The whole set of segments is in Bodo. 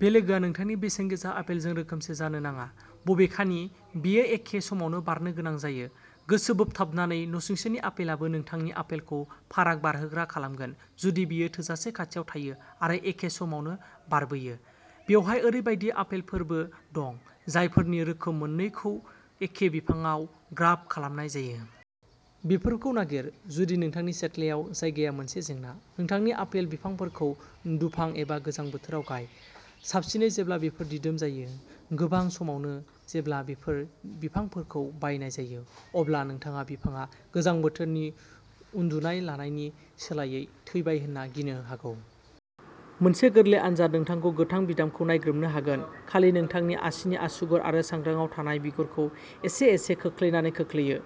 बे लोगोआ नोंथांनि बेसेनगोसा आपेलजों रोखोमसे जानो नाङा। बबेखानि, बेयो एखे समावनो बारनो गोनां जायो। गोसोबोकथाबनायै, नसुंसेनि आपेलाबो नोंथांनि आपेलखौ पराग-बारहोग्रा खालामगोन जुदि बेयो थोजासे खाथियाव थायो आरो एखे समावनो बारबोयो। बेवहाय ओरैबायदि आपेलफोरबो दं जायफोरनि रोखोम मोननैखौ एखे बिफांआव ग्राफ्ट खालामनाय जायो। बेफोरखौ नागिर जुदि नोंथांनि सिथ्लायाव जायगाया मोनसे जेंना। नोंथांनि आपेल बिफांफोरखौ दुफां एबा गोजां बोथोराव गाय, साबसिनै जेब्ला बेफोर दिदोम जायो। गोबां समावनो, जेब्ला बेफोर बिफांफोरखौ बायनाय जायो, अब्ला नोंथाङा बिफांआ गोजां बोथोरनि उनदुनाय लानायनि सोलायै थैबाय होनना गिनो हागौ। मोनसे गोरलै आनजाद नोंथांखौ गोथां बिदामखौ नायग्रोमनो होगोन। खालि नोंथांनि आसिनि आसुगुर आरो सांग्राङाव थानाय बिगुरखौ एसे एसे खोख्लैनानै खोख्लैयो।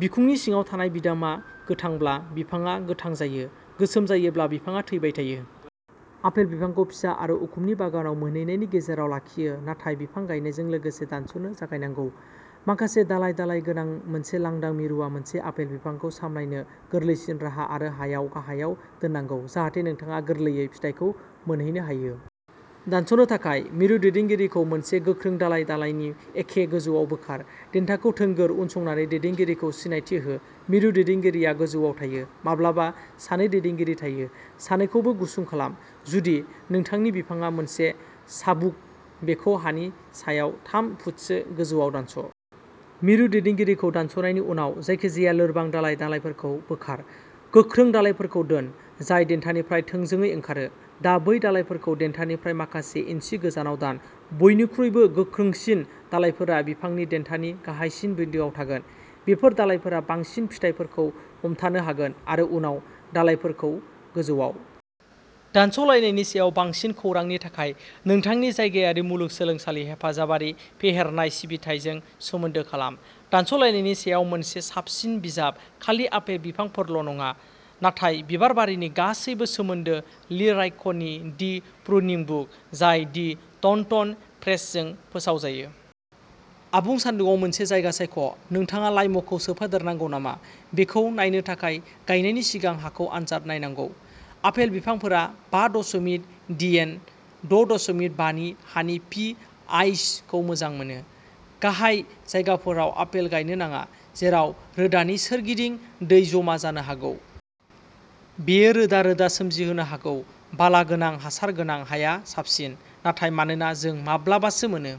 बिखुंनि सिङाव थानाय बिदामआ गोथांब्ला बिफांआ गोथां जायो। गोसोम जायोब्ला बिफांआ थैबाय थायो। आफेल बिफांखौ फिसा आरो उखुमनि बागानाव मोनहैनायनि गेजेराव लाखिनो थाखाय बिफां गायनायजों लोगोसे दानस'नो जागायनांगौ। माखासे दालाइ दालाइ गोनां मोनसे लांदां मिरुआ मोनसे आफेल बिफांखौ सामलायनो गोरलैसिन राहा आरो हायाव गाहायाव दोननांगौ जाहाथे नोंथाङा गोरलैयै फिथाइखौ मोनहैनो हायो। दानस'नो थाखाय, मिरु दैदेनगिरिखौ मोनसे गोख्रों दालाइ दालायनि एसे गोजौआव बोखार। देन्थाखौ थोंगोर उनसंनानै दैदेनगिरिखौ सिनायथि हो। मिरु दैदेनगिरिया गोजौआव थायो। माब्लाबा सानै दैदेनगिरि थायो। सानैखौबो गुसुं खालाम। जुदि नोंथांनि बिफांआ मोनसे चाबुक, बेखौ हानि सायाव थाम फुटसो गोजौआव दानस'। मिरु दैदेनगिरिखौ दानस'नायनि उनाव, जायखिजाया लोरबां दालाइ दालाइफोरखौ बोखार। गोख्रों दालाइफोरखौ दोन, जाय देन्थानिफ्राय थोंजोङै ओंखारो। दा बै दालाइफोरखौ देन्थानिफ्राय माखासे इन्सि गोजानाव दान। बयनिख्रुइबो गोख्रोंसिन दालाइफोरा बिफांनि देन्थानि गाहायसिन बिन्दोआव थागोन। बेफोर दालाइफोरा बांसिन फिथाइफोरखौ हमथानो हागोन आरो उनाव दालाइफोरखौ गोजौआव। दानस्लायनायनि सायाव बांसिन खौरांनि थाखाय, नोंथांनि जायगायारि मुलुगसोलोंसालि हेफाजाबारि फेहेरनाय सिबिथाइजों सोमोन्दो खालाम। दानस्लायनायनि सायाव मोनसे साबसिन बिजाब, खालि आपेल बिफांफोरल' नङा, नाथाय बिबार बारिनि गासैनिबो सोमोन्दै ली राइखनि दि प्रुनिं बुक, जाय दि टन्टन प्रेसजों फोसावजायो। आबुं सान्दुङाव मोनसे जायगा सायख'। नोंथाङा लाइमखौ सोफादेरनांगौ नामा बेखौ नायनो थाखाय गायनायनि सिगां हाखौ आनजाद नायनांगौ। आपेल बिफांफोरा बा दशमिक डियेन-ड' दशमिक बा नि हानि फि ओइस खौ मोजां मोनो। गाहाय जायगाफोराव आपेल गायनो नाङा, जेराव रोदानि सोरगिदिं दै जमा जानो हागौ। बेयो रोदा-रोदा सोमजिहोनो हागौ। बालागोनां हासार गोनां हाया साबसिन, नाथाय मानोना जों माब्लाबासो मोनो।